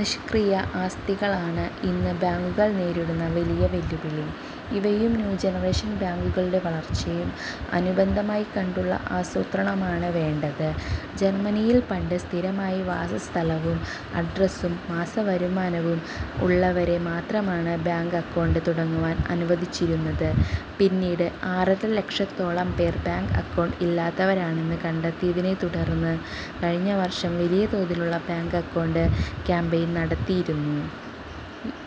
നിഷ്ക്രിയ ആസ്തികളാണ് ഇന്ന് ബാങ്കുകൾ നേരിടുന്ന വലിയ വെല്ലുവിളി. ഇവയും ന്യൂ ജനറേഷൻ ബാങ്കുളുടെ വളർച്ചയും അനുബന്ധമായി കണ്ടുള്ള ആസൂത്രണമാണ് വേണ്ടത്. ജർമനിയിൽ പണ്ട് സ്ഥിരമായ വാസസ്ഥലവും അഡ്രസും മാസവരുമാനവും ഉള്ളവരെ മാത്രമാണ് ബാങ്ക് അക്കൗണ്ട് തുടങ്ങാൻ അനുവദിച്ചിരുന്നത്. പിന്നീട് ആറര ലക്ഷത്തോളം പേർ ബാങ്ക് അക്കൗണ്ട് ഇല്ലാത്തവരാണെന്ന് കണ്ടെത്തിയതിനെ തുടർന്ന് കഴിഞ്ഞവർഷം വലിയ തോതിലുള്ള ബാങ്ക് അക്കൗണ്ട് കാമ്പയിൻ നടത്തിയിരുന്നു.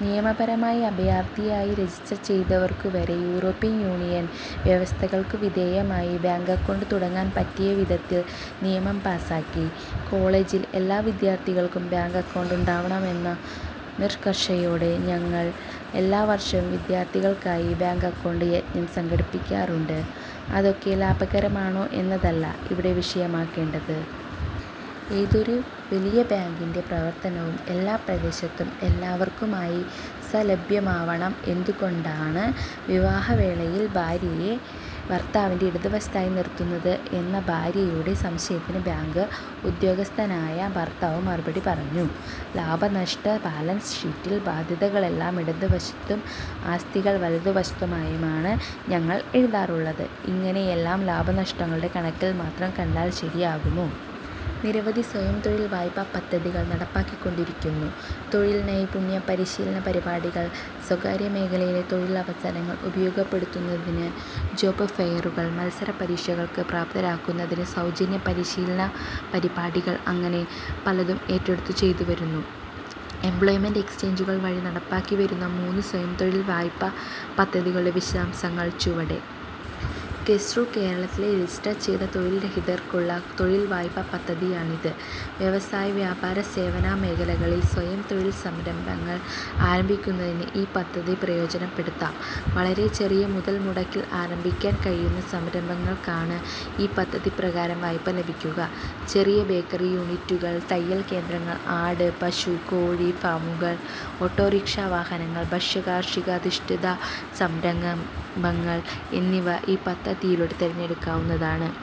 നിയമപരമായി അഭയാർഥിയായി രജിസ്റ്റർ ചെയ്തവർക്കുവരെ യൂറോപ്യൻ യൂണിയൻ വ്യവസ്ഥകൾക്കു വിധേയമായി ബാങ്ക് അക്കൗണ്ട് തുടങ്ങാൻ പറ്റിയ വിധത്തിൽ നിയമം പാസ്സാക്കി. കോളേജിൽ എല്ലാ വിദ്യാർഥികൾക്കും ബാങ്ക് അക്കൗണ്ട് ഉണ്ടാവണമെന്ന നിഷ്കർഷയോടെ ഞങ്ങൾ എല്ലാ വർഷവും വിദ്യാർത്ഥികൾക്കായി ബാങ്ക് അക്കൗണ്ട് യജ്ഞം സംഘടിപ്പിക്കാറുണ്ട്. അതൊക്കെ ലാഭകരമാണോ എന്നതല്ല ഇവിടെ വിഷയമാക്കേണ്ടത്. ഏതൊരു വലിയ ബാങ്കിന്റെ പ്രവർത്തനവും എല്ലാ പ്രദേശത്തും എല്ലാവർക്കുമായി സംലഭ്യമാവണം. എന്തുകൊണ്ടാണ് വിവാഹവേളയിൽ ഭാര്യയെ ഭർത്താവിന്റെ ഇടതുവശത്തായി നിർത്തുന്നത് എന്ന ഭാര്യയുടെ സംശയത്തിന് ബാങ്ക് ഉദ്യോഗസ്ഥനായ ഭർത്താവ് മറുപടി പറഞ്ഞു:'ലാഭനഷ്ട ബാലൻസ് ഷീറ്റിൽ ബാധ്യതകളെല്ലാം ഇടതുവശത്തും ആസ്തികൾ വലതു വശത്തുമായാണ് ഞങ്ങൾ എഴുതാറുള്ളത്. ''ഇങ്ങനെ എല്ലാം ലാഭനഷ്ടങ്ങളുടെ കണക്കിൽ മാത്രം കണ്ടാൽ ശരിയാവുമോ. നിരവധി സ്വയംതൊഴിൽ വായ്പാ പദ്ധതികൾ നടപ്പാക്കിക്കൊണ്ടിരിക്കുന്നു. തൊഴിൽ നൈപുണ്യ പരിശീലന പരിപാടികൾ, സ്വകാര്യ മേഖലയിലെ തൊഴിൽ അവസരങ്ങൾ ഉപയോഗപ്പെടുത്തുന്നതിന് ജോബ് ഫെയറുകൾ, മത്സര പരീക്ഷകൾക്ക് പ്രാപ്തരാക്കുന്നതിന് സൗജന്യ പരിശീലന പരിപാടികൾ അങ്ങനെ പലതും ഏറ്റെടുത്തു ചെയ്തുവരുന്നു. എംപ്ലോയ്മെന്റ് എക്സ്ചേഞ്ചുകൾ വഴി നടപ്പാക്കിവരുന്ന മൂന്ന് സ്വയംതൊഴിൽ വായ്പാ പദ്ധതികളുടെ വിശദാംശങ്ങൾ ചുവടെ:. കെസ്റു കേരളത്തിലെ രജിസ്റ്റർ ചെയ്ത തൊഴിൽരഹിതർക്കുള്ള തൊഴിൽ വായ്പാ പദ്ധതിയാണിത്. വ്യവസായവ്യാപാരസേവന മേഖലകളിൽ സ്വയംതൊഴിൽ സംരംഭങ്ങൾ ആരംഭിക്കുന്നതിന് ഈ പദ്ധതി പ്രയോജനപ്പെടുത്താം. വളരെ ചെറിയ മുതൽമുടക്കിൽ ആരംഭിക്കാൻ കഴിയുന്ന സംരംഭങ്ങൾക്കാണ് ഈ പദ്ധതി പ്രകാരം വായ്പ ലഭിക്കുക. ചെറിയ ബേക്കറി യൂണിറ്റുകൾ, തയ്യൽ കേന്ദ്രങ്ങൾ, ആട്പശുകോഴി ഫാമുകൾ, ഓട്ടോറിക്ഷാ വാഹനങ്ങൾ, ഭക്ഷ്യകാർഷികാധിഷ്ഠിത സംരംഭങ്ങൾ എന്നിവ ഈ പദ്ധതിയിലൂടെ തിരഞ്ഞെടുക്കാവുന്നതാണ്.